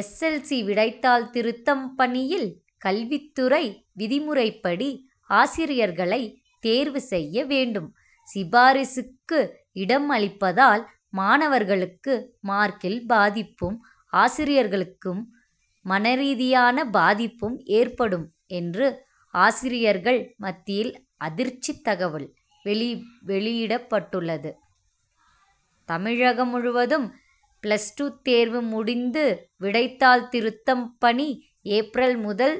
S. L. C விடைத்தாள் திருத்தும் பணியில் கல்வித்துறை விதிமுறைப்படி ஆசிரியர்களை தேர்வு செய்ய வேண்டும். சிபாரிசுக்கு இடம் அளிப்பதால் மாணவர்களுக்கு மார்க்கில் பாதிப்பும் ஆசிரியர்களுக்கு மனரீதியான பாதிப்பும் ஏற்படும் என்று ஆசிரியர்கள் மத்தியில் அதிர்ச்சி தகவல் வெளியிடப்பட்டுள்ளது. தமிழகம் முழுவதும் பிளஸ் டூ தேர்வு முடிந்து விடைத்தாள் திருத்தும் பணி ஏப்ரல் முதல்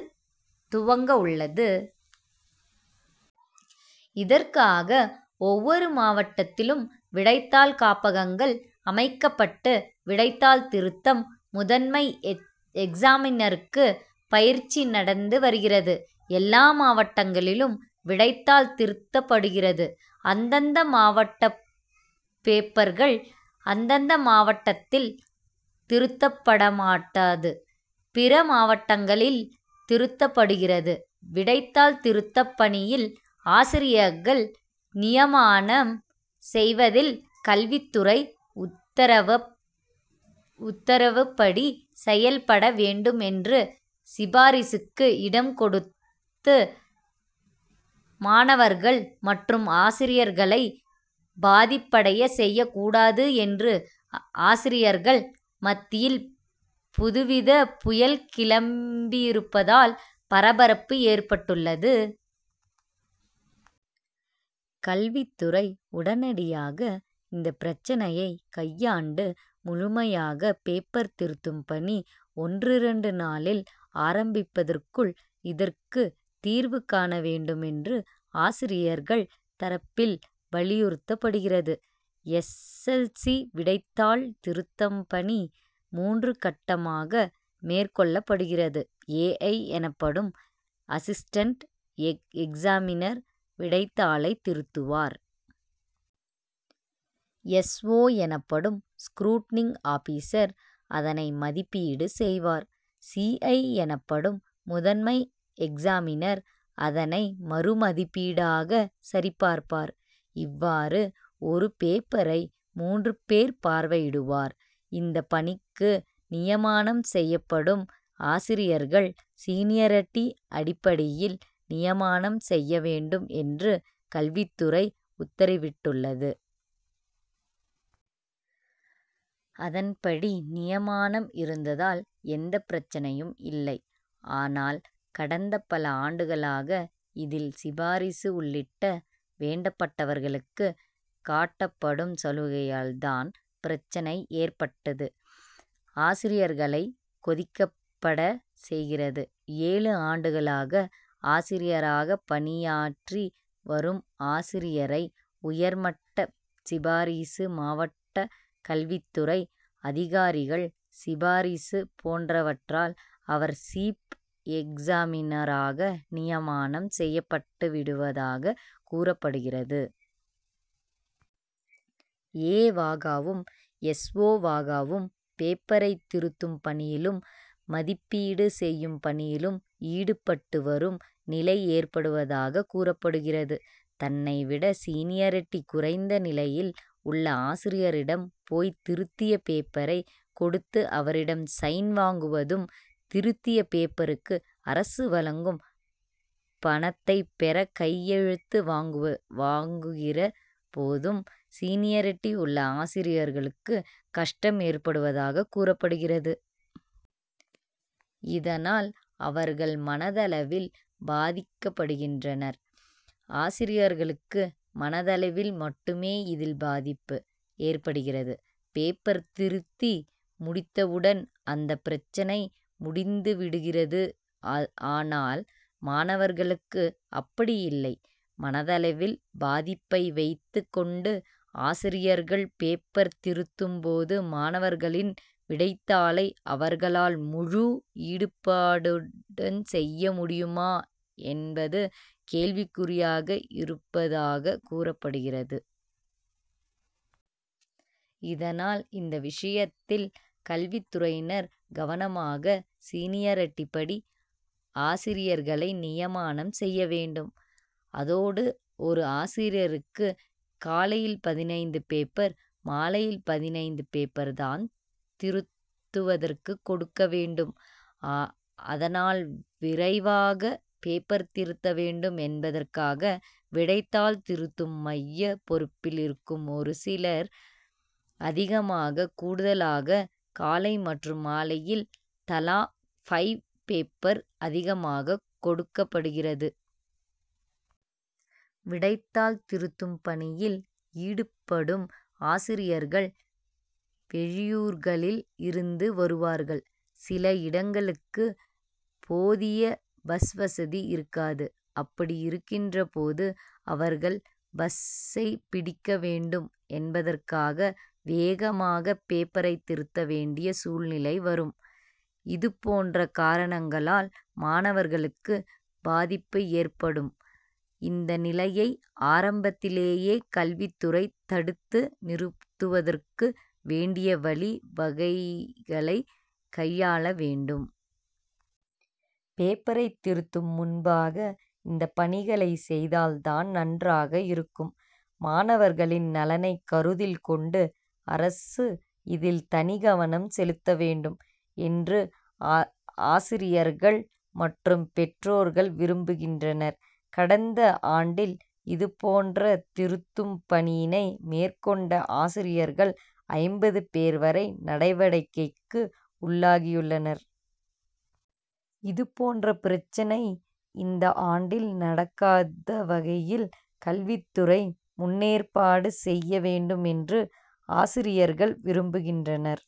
துவங்க உள்ளது. இதற்காக ஒவ்வொரு மாவட்டத்திலும் விடைத்தாள் காப்பகங்கள் அமைக்கப்பட்டு விடைத்தாள் திருத்தும் முதன்மை எக்சாமினர்களுக்கு பயிற்சி நடந்து வருகிறது. எல்லா மாவட்டங்களிலும் விடைத்தாள் திருத்தப்படுகிறது. அந்தந்த மாவட்ட பேப்பர்கள் அந்தந்த மாவட்டத்தில் திருத்தப்படமாட்டாது. பிற மாவட்டங்களில் திருத்தப்படுகிறது. விடைத்தாள் திருத்தும் பணியில் ஆசிரியர்கள் நியமனம் செய்வதில் கல்வித்துறை உத்தரவுப்படி செயல்பட வேண்டும் என்றும் சிபாரிசுகளுக்கு இடம் கொடுத்து மாணவர்கள் மற்றும் ஆசிரியர்களை பாதிப்படைய செய்யக் கூடாது என்று ஆசிரியர்கள் மத்தியில் புதுவித புயல் கிளம்பியிருப்பதால் பரபரப்பு ஏற்பட்டுள்ளது. கல்வித்துறை உடனடியாக இந்த பிரச்னையை கையாண்டு முழுமையாக பேப்பர் திருத்தும் பணி ஒன்றிரண்டு நாளில் ஆரம்பிப்பதற்குள் இதற்கு தீர்வு காண வேண்டும் என்று ஆசிரிர்கள் தரப்பில் வலியுறுத்தப்படுகிறது. எஸ். எல். சி விடைத்தாள் திருத்தும் பணி மூன்று கட்டமாக மேற்கொள்ளப்படுகிறது. ஏ. இ எனப்படும் அசிஸ்டென்ட் எக்சாமினர் விடைத்தாளை திருத்துவார். எஸ். ஓ எனப்படும் ஸ்குரூட்னிங் ஆபிசர் அதனை மதிப்பீடு செய்வார். சி. இ எனப்படும் முதன்மை எக்சாமினர் அதனை மறு மதிப்பீடாக சரிபார்ப்பார். இவ்வாறு ஒரு பேப்பரை மூன்று பேர் பார்வையிடுவர். இந்த பணிகளுக்கு நியமனம் செய்யப்படும் ஆசிரியர்கள் சீனியார்டி அடிப்படையில் நியமனம் செய்ய வேண்டும் என்று கல்வித்துறை உத்தரவிட்டுள்ளது. அதன்படி நியமனம் இருந்தால் எந்த பிரச்னையும் இல்லை. ஆனால் கடந்த பல ஆண்டுகளாக இதில் சிபாரிசு உள்ளிட்ட வேண்டப்பட்டவர்களுக்கு காட்டப்படும் சலுகையால் தான் பிரச்னை ஏற்பட்டு ஆசிரியர்களை கொதிப்படைய செய்கிறது. ஏழு ஆண்டாக ஆசிரியராக பணியாற்றி வரும் ஆசிரியரை உயர்மட்ட சிபாரிசு மாவட்ட கல்வித்துறை அதிகாரிகள் சிபாரிசு போன்றவற்றால் அவர் சீப் எக்சாமினராக நியமனம் செய்யப்பட்டு விடுவதாக கூறப்படுகிறது. ஏ வாகவும் எஸ். ஓ வாகவும் பேப்பர் திருத்தும் பணியிலும், மதிப்பீடு செய்யும் பணியிலும் ஈடுபட்டு வரும் நிலை ஏற்படுவதாக கூறப்படுகிறது. தன்னை விட சீனியார்டி குறைந்த நிலையில் உள்ள ஆசிரியரிடம் போய் திருத்திய பேப்பரை கொடுத்து அவரிடம் சைன் வாங்குவதும், திருத்திய பேப்பருக்கு அரசு வழங்கும் பணத்தை பெற கையெழுத்து வாங்குகிற போதும் சீனியார்டி உள்ள ஆசிரியர்களுக்கு கஷ்டம் ஏற்படுவதாக கூறப்படுகிறது. இதனால் அவர்கள் மனதளவில் பாதிக்கப்படுகின்றனர். ஆசிரியர்களுக்கு மனதளவில் மட்டுமே இதில் பாதிப்பு ஏற்படுகிறது. பேப்பர் திருத்தி முடித்தவுடன் அந்த பிரச்னை முடிந்துவிடுகிறது. ஆனால் மாணவர்களுக்கு அப்படி இல்லை. மனதளவில் பாதிப்பை வைத்துக் கொண்டு ஆசிரியர்கள் பேப்பர் திருத்தும் போது மாணவர்களின் விடைத்தாளை அவர்களால் முழு ஈடுபாட்டுடன் செய்ய முடியுமா என்பது கேள்விக்குறியாகி இருப்பதாக கூறப்படுகிறது. இதனால் இந்த விஷயத்தில் கல்வித்துறையினர் கவனமாக சீனியார்டி படி ஆசிரியர்களை நியமனம் செய்ய வேண்டும். அதோடு ஒரு ஆசிரியருக்கு காலையில் பதினைந்து பேப்பர், மாலையில் பதினைந்து பேப்பர் தான் திருத்துவதற்கு கொடுக்க வேண்டும். ஆனால்விரைவாக பேப்பர் திருத்த வேண்டும் என்பதற்காக விடைத்தாள் திருத்தும் மைய பொறுப்பில் இருக்கும் ஒரு சில அதிகாரிகள் கூடுதலாக காலை மற்றும் மாலையில் தலா ஃபைவ் பேப்பர் அதிகமாக கொடுப்படுகிறது. விடைத்தாள் திருத்தும் பணியில் ஈடுபடும் ஆசிரியர்கள் வெளியூர்களில் இருந்து வருவார்கள். சில இடங்களுக்கு போதிய பஸ்வசதி இருக்காது. அப்படி இருக்கின்ற போது அவர்கள் பஸ்சை பிடிக்க வேண்டும் என்பதற்காக வேகமாக பேப்பரை திருத்த வேண்டிய சூழ்நிலை வரும். இதுபோன்ற காரணங்களால் மாணவர்களுக்கு பாதிப்பு ஏற்படும். இந்த நிலையை ஆரம்பத்திலே கல்வித்துறை தடுத்து நிறுத்துவதற்கு வேண்டிய வழி வகைகளை கையாள வேண்டும். பேப்பரை திருத்தும் முன்பாக இந்த பணிகளை செய்தால் தான் நன்றாக இருக்கும். மாணவர்களின் நலனை கருத்தில் கொண்டு அரசு இதில் தனிக்கவனம் செலுத்த வேண்டும் என்று ஆசிரியர்கள் மற்றும் பெற்றோர்கள் விரும்புகின்றனர். கடந்த ஆண்டில் இதுபோன்ற திருத்தும் பணியினை மேற்கொண்ட ஆசிரியர்கள் ஐம்பது பேர் வரை நடவடிக்கைகக்கு உள்ளாகியுள்ளனர். இதுபோன்ற பிரச்னை இந்த ஆண்டில் நடக்காத வகையில் கல்வித்துறை முன்னேற்பாடு செய்ய வேண்டும் என்றும் ஆசிரியர்கள் விரும்புகின்றனர்.